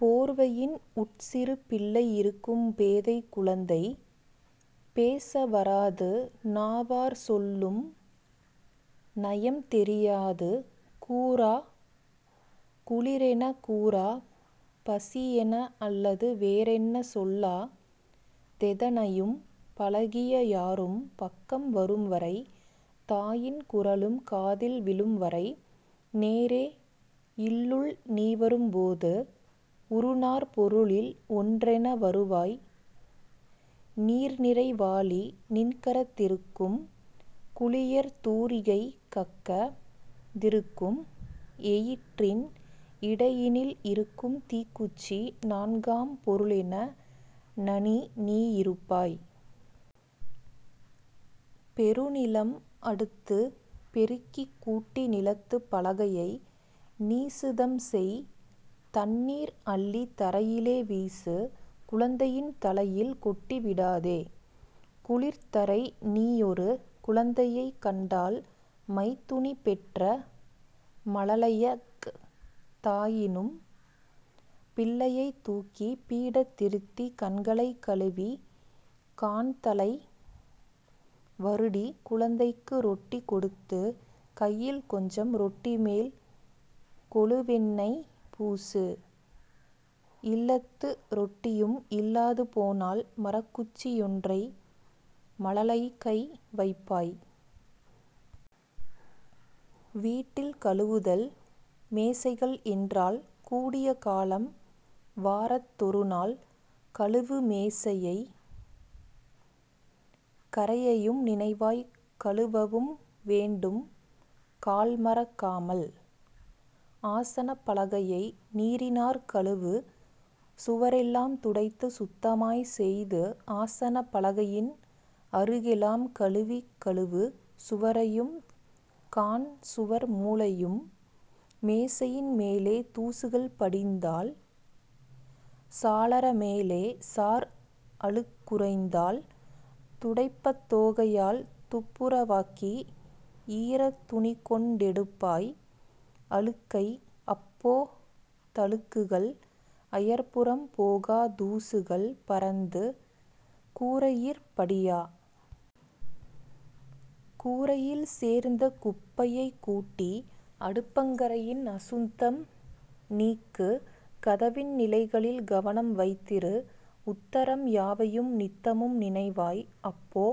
போர்வையின் உட்சிறு பிள்ளை யிருக்கும் பேதைக் குழந்தை பேச வராது நாவாற் சொல்லும் நயம்தெரி யாது கூறா குளிரெனக் கூறா பசியென அல்லது வேறென்ன சொல்லா தெதனையும் பழகிய யாரும் பக்கம் வரும்வரை தாயின் குரலும் காதில் விழும்வரை. நேரே இல்லுள் நீவரும் போது உறுநாற் பொருளில் ஒன்றென வருவாய் நீர்நிறை வாளி நின்கரத் திருக்கும் குளியற் தூரிகை கக்கத் திருக்கும் எயிற்றின் இடையினில் இருக்கும்தீக் குச்சி நான்காம் பொருளென நனிநீ யிருப்பாய். பெருநிலம் அடுத்துப் பெருக்கிக் கூட்டி நிலத்துப் பலகையை நீசுத் தம்செய். தண்ணீர் அள்ளித் தரையிலே வீசு குழந்தையின் தலையில் கொட்டி விடாதே. குளிர்தரை நீயொரு குழந்தையைக் கண்டால் மைத்துனி பெற்ற மழலையஃ தாயினும் பிள்ளையைத் தூக்கிப் பீடத் திருத்தி கண்களைக் கழுவிக் காண்தலை வருடி குழந்தைக்கு ரொட்டி கொடுத்துக் கையில் கொஞ்சம் ரொட்டிமேல் கொழுவெணெய் பூசு இல்லத்து ரொட்டியும் இல்லாது போனால் மரக்குச்சி யொன்றை மழலைகை வைப்பாய். வீட்டில் கழுவுதல் மேசைகள் என்றால் கூடிய காலம் வாரத் தொருநாள், கழுவு மேசையைக் கரையையும் நினைவாய் கழுவவும் வேண்டும் கால்மறக் காமல். ஆசனப் பலகையை நீரினாற் கழுவு சுவரெல்லாம் துடைத்துச் சுத்தமாய்க் செய்து ஆசனப் பலகையின் அருகெலாம் கழுவி கழுவு சுவரையும் காண்சுவர் மூலையும் மேசையின் மேலே தூசுகள் படிந்தால் சாளர மேலே சார்அழுக் குறைந்தால் துடைப்பத் தோகையால் துப்புர வாக்கி ஈரத் துணிகொண் டெடுப்பாய் அழுக்கை அப்போ தழுக்குகள் அயற்புறம் போகா தூசுகள் பறந்து கூரையிற் படியா. கூரையில் சேர்ந்த குப்பையைக் கூட்டி அடுப்பங் கரையின் அசுத்தம் நீக்கு கதவின் நிலைகளில் கவனம் வைத்திரு உத்தரம் யாவையும் நித்தமும் நினைவாய். அப்போ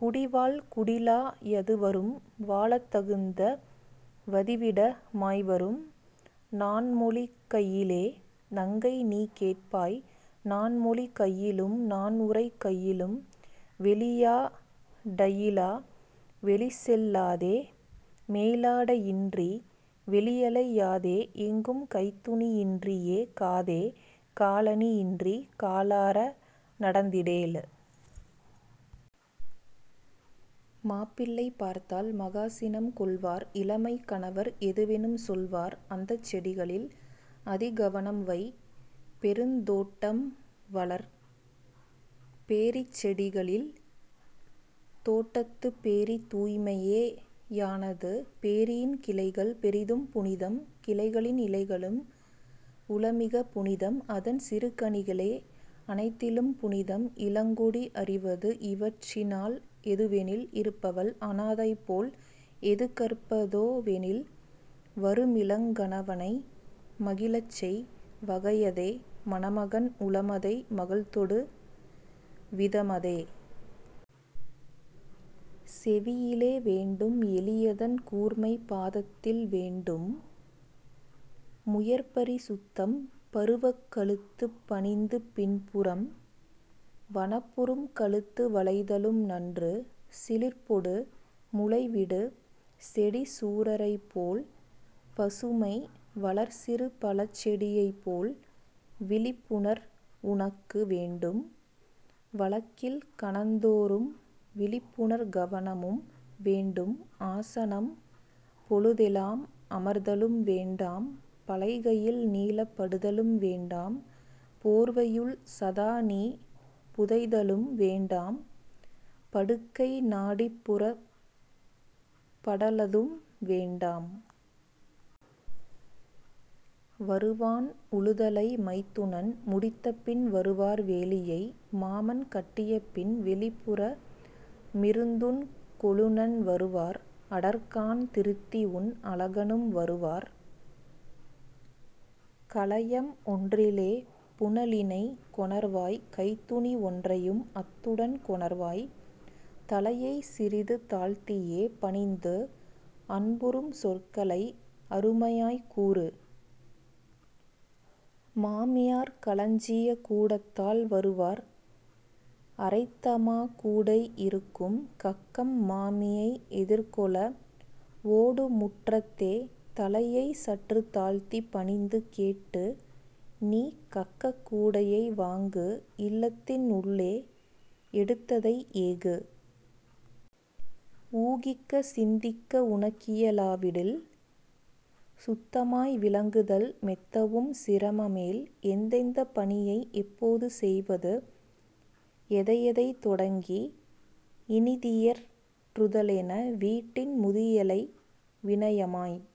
குடிவாழ் குடிலா யதுவரும் வாழத் தகுந்த வதிவிட மாய்வரும். நான்மொழி கையிலே நங்கைநீ கேட்பாய் நான்மொழி கையிலும் நான்உரைக் கையிலும். வெளியா டையிலா வெளிச்செல் லாதே மேலாடை யின்றி வெளியலை யாதே எங்கும் கைத்துணி யின்றியே காதே காலணி யின்றிக் காலாற நடந்திடேல். மாப்பிள்ளை பார்த்தால் மகாசினம் கொள்வார் இளமைக் கணவர் எதுவெனும் சொல்வார். அந்தச் செடிகளில் அதிகவ னம்வை பெருந்தோட் டம்வளர் பேரிச் செடிகளில். தோட்டத் துப்பேரி தூய்மையே யானது பேரியின் கிளைகள் பெரிதும் புனிதம் கிளைகளின் இலைகளும் உளமிகப் புனிதம் அதன் சிறுகனிகளே அனைத்திலும் புனிதம். இளங்கொடி அறிவது இவற்றினால் எதுவெனில் இருப்பவள் அனாதைபோல் எதுகற்ப தோவெனில் வருமிளங் கணவனை மகிழச்செய் வகையதே மணமகன் உளமதை மகள்தொடு விதமதே. செவியிலே வேண்டும் எலியதன் கூர்மை பாதத்தில் வேண்டும் முயற்பரி சுத்தம். பருவக் கழுத்துப் பணிந்து பின்புறம் வனப்புறும் கழுத்து வளைதலும் நன்று சிலிர்ப்பொடு முளைவிடு செடிசூ ரையைப்போல் பசுமை வளர்சிறு பழச்செடி யைப்போல். விழிப்புணர் வுனக்கு வேண்டும் வழக்கில் கணந்தோறும் விழிப்புணர் கவனமும் வேண்டும் ஆசனம் பொழுதெலாம் அமர்தலும் வேண்டாம் பலகையில் நீளப் படுத்தலும் வேண்டாம் போர்வையுள் சதாநீ புதைதலும் வேண்டாம் படுக்கைநா டிப்புறப் படலதும் வேண்டாம். வருவான் உழுதலை மைத்துனன் முடித்தபின் வருவார் வேலியை மாமன்கட் டியபின் வெளிப்புற மிருந்துன் கொழுநன் வருவார் அடர்கான் திருத்திஉன் அழகனும் வருவார். கலயம் ஒன்றிலே புனலினைக் கொணர்வாய் கைத்துணி ஒன்றையும் அத்துடன் கொணர்வாய் தலையைச் சிறிது தாழ்த்தியே பணிந்து அன்புறும் சொற்களை அருமையாய்க் கூறு. மாமியார் களஞ்சியக் கூடத்தால் வருவார் அரைத்தமாக் கூடை இருக்கும் கக்கம் மாமியை எதிர்கொள ஓடுமுற் றத்தே தலையைச் சற்றுத் தாழ்த்திப் பணிந்து கேட்டுநீ கக்கக் கூடையை வாங்கு இல்லத்தின் உள்ளே எடுத்ததை ஏகு. ஊகிக்கச் சிந்திக்க உனக்கிய லாவிடில் சுத்தமாய் விளங்குதல் மெத்தவும் சிரமமேல் எந்தெந்தப் பணியை எப்போது செய்வது எதையெதைத் தொடங்கி இனிதியற் றுதலென வீட்டின் முதியளை வினயமாய்க்